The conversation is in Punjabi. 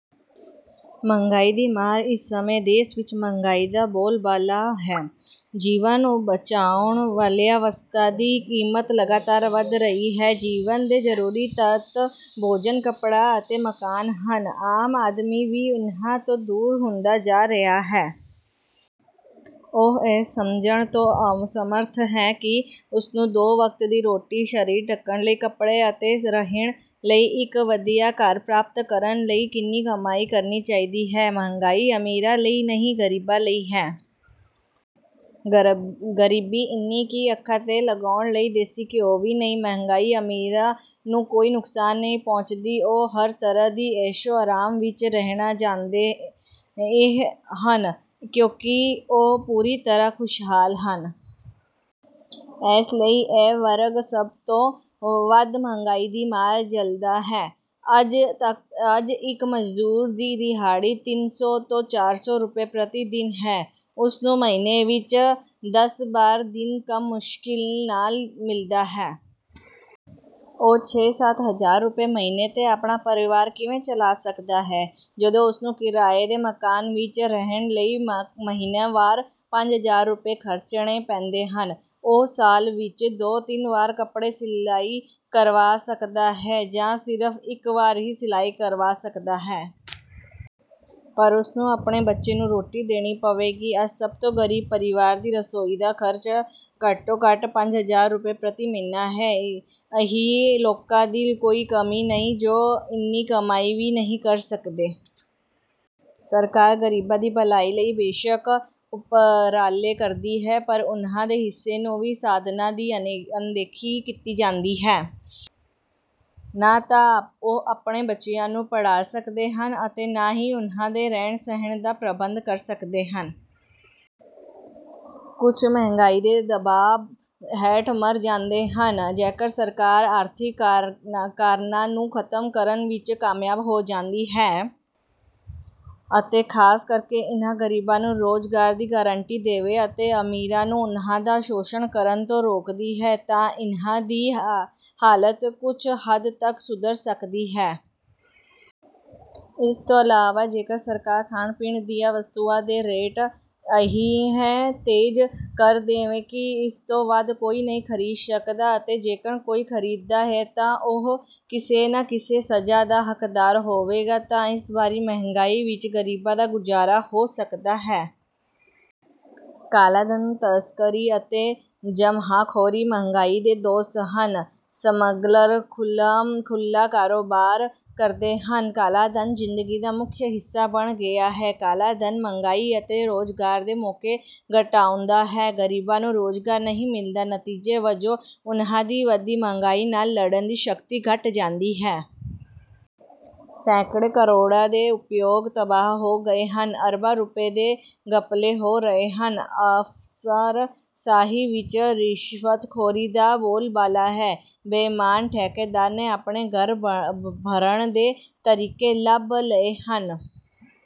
ਮਹਿੰਗਾਈ ਦੀ ਮਾਰ ਇਸ ਸਮੇਂ ਦੇਸ਼ ਵਿੱਚ ਮਹਿੰਗਾਈ ਦਾ ਬੋਲਬਾਲਾ ਹੈ। ਜੀਵਨ ਬਚਾਉਣ ਵਾਲੀਆਂ ਵਸਤਾਂ ਦੀ ਕੀਮਤ ਲਗਾਤਾਰ ਵਧ ਰਹੀ ਹੈ। ਜੀਵਨ ਦੇ ਜ਼ਰੂਰੀ ਤੱਤ ਭੋਜਨ, ਕੱਪੜਾ ਅਤੇ ਮਕਾਨ ਹਨ। ਆਮ ਆਦਮੀ ਵੀ ਇਨ੍ਹਾਂ ਤੋਂ ਦੂਰ ਹੁੰਦਾ ਜਾ ਰਿਹਾ ਹੈ। ਉਹ ਇਹ ਸਮਝਣ ਤੋਂ ਅਸਮਰੱਥ ਹੈ ਕਿ ਉਸਨੂੰ ਦੋ ਵਕਤ ਦੀ ਰੋਟੀ, ਸਰੀਰ ਢੱਕਣ ਲਈ ਕੱਪੜੇ ਅਤੇ ਰਹਿਣ ਲਈ ਇੱਕ ਵਧੀਆ ਘਰ ਪ੍ਰਾਪਤ ਕਰਨ ਲਈ ਕਿੰਨੀ ਕਮਾਈ ਕਰਨੀ ਚਾਹੀਦੀ ਹੈ। ਮਹਿੰਗਾਈ ਅਮੀਰਾਂ ਲਈ ਨਹੀਂ, ਗਰੀਬਾਂ ਲਈ ਹੈ। ਗਰੀਬੀ ਇੰਨੀ ਕਿ ਅੱਖਾਂ 'ਤੇ ਲਗਾਉਣ ਲਈ ਦੇਸੀ ਘਿਓ ਵੀ ਨਹੀਂ। ਮਹਿੰਗਾਈ ਅਮੀਰਾਂ ਨੂੰ ਕੋਈ ਨੁਕਸਾਨ ਨਹੀਂ ਪਹੁੰਚਾਉਂਦੀ। ਉਹ ਹਰ ਤਰ੍ਹਾਂ ਦੀ ਐਸ਼ੋ-ਆਰਾਮ ਵਿੱਚ ਰਹਿਣਾ ਜਾਣਦੇ ਹਨ ਕਿਉਂਕਿ ਉਹ ਪੂਰੀ ਤਰ੍ਹਾਂ ਖੁਸ਼ਹਾਲ ਹਨ। ਇਸ ਲਈ ਇਹ ਵਰਗ ਸਭ ਤੋਂ ਵੱਧ ਮਹਿੰਗਾਈ ਦੀ ਮਾਰ ਝੱਲਦਾ ਹੈ। ਅੱਜ ਇੱਕ ਮਜ਼ਦੂਰ ਦੀ ਦਿਹਾੜੀ ਤਿੰਨ ਸੌ ਤੋਂ ਚਾਰ ਸੌ ਰੁਪਏ ਪ੍ਰਤੀ ਦਿਨ ਹੈ। ਉਸ ਨੂੰ ਮਹੀਨੇ ਵਿੱਚ ਦਸ ਬਾਰਾਂ ਦਿਨ ਕੰਮ ਮੁਸ਼ਕਿਲ ਨਾਲ ਮਿਲਦਾ ਹੈ। ਉਹ ਛੇ-ਸੱਤ ਹਜ਼ਾਰ ਰੁਪਏ ਮਹੀਨੇ 'ਤੇ ਆਪਣਾ ਪਰਿਵਾਰ ਕਿਵੇਂ ਚਲਾ ਸਕਦਾ ਹੈ? ਜਦੋਂ ਉਸਨੂੰ ਕਿਰਾਏ ਦੇ ਮਕਾਨ ਵਿੱਚ ਰਹਿਣ ਲਈ ਮਹੀਨਾਵਾਰ ਪੰਜ ਹਜ਼ਾਰ ਰੁਪਏ ਖਰਚਣੇ ਪੈਂਦੇ ਹਨ। ਉਹ ਸਾਲ ਵਿੱਚ ਦੋ-ਤਿੰਨ ਵਾਰ ਕੱਪੜੇ ਸਿਲਾਈ ਕਰਵਾ ਸਕਦਾ ਹੈ, ਜਾਂ ਸਿਰਫ਼ ਇੱਕ ਵਾਰ ਹੀ ਸਿਲਾਈ ਕਰਵਾ ਸਕਦਾ ਹੈ। ਪਰ ਉਸਨੂੰ ਆਪਣੇ ਬੱਚੇ ਨੂੰ ਰੋਟੀ ਦੇਣੀ ਪਵੇਗੀ। ਅੱਜ ਸਭ ਤੋਂ ਗ਼ਰੀਬ ਪਰਿਵਾਰਾਂ ਦੀ ਰਸੋਈ ਦਾ ਖ਼ਰਚ ਘੱਟੋ-ਘੱਟ ਪੰਜ ਹਜ਼ਾਰ ਰੁਪਏ ਪ੍ਰਤੀ ਮਹੀਨਾ ਹੈ। ਅਜਿਹੇ ਲੋਕਾਂ ਦੀ ਕੋਈ ਕਮੀ ਨਹੀਂ ਜੋ ਇੰਨੀ ਕਮਾਈ ਵੀ ਨਹੀਂ ਕਰ ਸਕਦੇ। ਸਰਕਾਰ ਗਰੀਬਾਂ ਦੀ ਭਲਾਈ ਲਈ ਬੇਸ਼ੱਕ ਉਪਰਾਲੇ ਕਰਦੀ ਹੈ, ਪਰ ਉਨ੍ਹਾਂ ਦੇ ਹਿੱਸੇ ਨੂੰ ਵੀ ਸਾਧਨਾਂ ਦੀ ਅਣਦੇਖੀ ਕੀਤੀ ਜਾਂਦੀ ਹੈ। ਨਾ ਤਾਂ ਉਹ ਆਪਣੇ ਬੱਚਿਆਂ ਨੂੰ ਪੜ੍ਹਾ ਸਕਦੇ ਹਨ ਅਤੇ ਨਾ ਹੀ ਉਨ੍ਹਾਂ ਦੇ ਰਹਿਣ-ਸਹਿਣ ਦਾ ਪ੍ਰਬੰਧ ਕਰ ਸਕਦੇ ਹਨ। ਕੁਝ ਮਹਿੰਗਾਈ ਦੇ ਦਬਾਅ ਹੇਠ ਮਰ ਜਾਂਦੇ ਹਨ। ਜੇਕਰ ਸਰਕਾਰ ਆਰਥਿਕ ਕਾਰਨਾਂ ਨੂੰ ਖਤਮ ਕਰਨ ਵਿੱਚ ਕਾਮਯਾਬ ਹੋ ਜਾਂਦੀ ਹੈ ਅਤੇ ਖਾਸ ਕਰਕੇ ਇਹਨਾਂ ਗਰੀਬਾਂ ਨੂੰ ਰੁਜ਼ਗਾਰ ਦੀ ਗਰੰਟੀ ਦੇਵੇ ਅਤੇ ਅਮੀਰਾਂ ਨੂੰ ਉਹਨਾਂ ਦਾ ਸ਼ੋਸ਼ਣ ਕਰਨ ਤੋਂ ਰੋਕਦੀ ਹੈ ਤਾਂ ਇਹਨਾਂ ਦੀ ਹਾਲਤ ਕੁਝ ਹੱਦ ਤੱਕ ਸੁਧਰ ਸਕਦੀ ਹੈ। ਇਸ ਤੋਂ ਇਲਾਵਾ ਜੇਕਰ ਸਰਕਾਰ ਖਾਣ-ਪੀਣ ਦੀਆਂ ਵਸਤੂਆਂ ਦੇ ਰੇਟ ਅਜਿਹੇ ਤੈਅ ਕਰ ਦੇਵੇ ਕਿ ਇਸ ਤੋਂ ਵੱਧ ਕੋਈ ਨਹੀਂ ਖਰੀਦ ਸਕਦਾ ਅਤੇ ਜੇਕਰ ਕੋਈ ਖਰੀਦਦਾ ਹੈ ਤਾਂ ਉਹ ਕਿਸੇ ਨਾ ਕਿਸੇ ਸਜਾ ਦਾ ਹੱਕਦਾਰ ਹੋਵੇਗਾ ਤਾਂ ਇਸ ਭਾਰੀ ਮਹਿੰਗਾਈ ਵਿੱਚ ਗਰੀਬਾਂ ਦਾ ਗੁਜ਼ਾਰਾ ਹੋ ਸਕਦਾ ਹੈ। ਕਾਲਾ ਧਨ, ਤਸਕਰੀ ਅਤੇ ਜਮ੍ਹਾਖੋਰੀ ਮਹਿੰਗਾਈ ਦੇ ਦੋਸਤ ਹਨ। ਸਮੱਗਲਰ ਖੁੱਲ੍ਹੇਆਮ ਕਾਰੋਬਾਰ ਕਰਦੇ ਹਨ, ਕਾਲਾ ਧਨ ਜ਼ਿੰਦਗੀ ਦਾ ਮੁੱਖ ਹਿੱਸਾ ਬਣ ਗਿਆ ਹੈ। ਕਾਲਾ ਧਨ ਮਹਿੰਗਾਈ ਅਤੇ ਰੁਜ਼ਗਾਰ ਦੇ ਮੌਕੇ ਘਟਾਉਂਦਾ ਹੈ। ਗਰੀਬਾਂ ਨੂੰ ਰੁਜ਼ਗਾਰ ਨਹੀਂ ਮਿਲਦਾ, ਨਤੀਜੇ ਵਜੋਂ ਉਨ੍ਹਾਂ ਦੀ ਵਧਦੀ ਮਹਿੰਗਾਈ ਨਾਲ ਲੜਨ ਦੀ ਸ਼ਕਤੀ ਘੱਟ ਜਾਂਦੀ ਹੈ। ਸੈਂਕੜੇ ਕਰੋੜਾਂ ਦੇ ਉਦਯੋਗ ਤਬਾਹ ਹੋ ਗਏ ਹਨ। ਅਰਬਾਂ ਰੁਪਏ ਦੇ ਘਪਲੇ ਹੋ ਰਹੇ ਹਨ। ਅਫਸਰਸ਼ਾਹੀ ਵਿੱਚ ਰਿਸ਼ਵਤਖੋਰੀ ਦਾ ਬੋਲਬਾਲਾ ਹੈ। ਬੇਈਮਾਨ ਠੇਕੇਦਾਰਾਂ ਨੇ ਆਪਣੇ ਘਰ ਭਰਨ ਦੇ ਤਰੀਕੇ ਲੱਭ ਲਏ ਹਨ।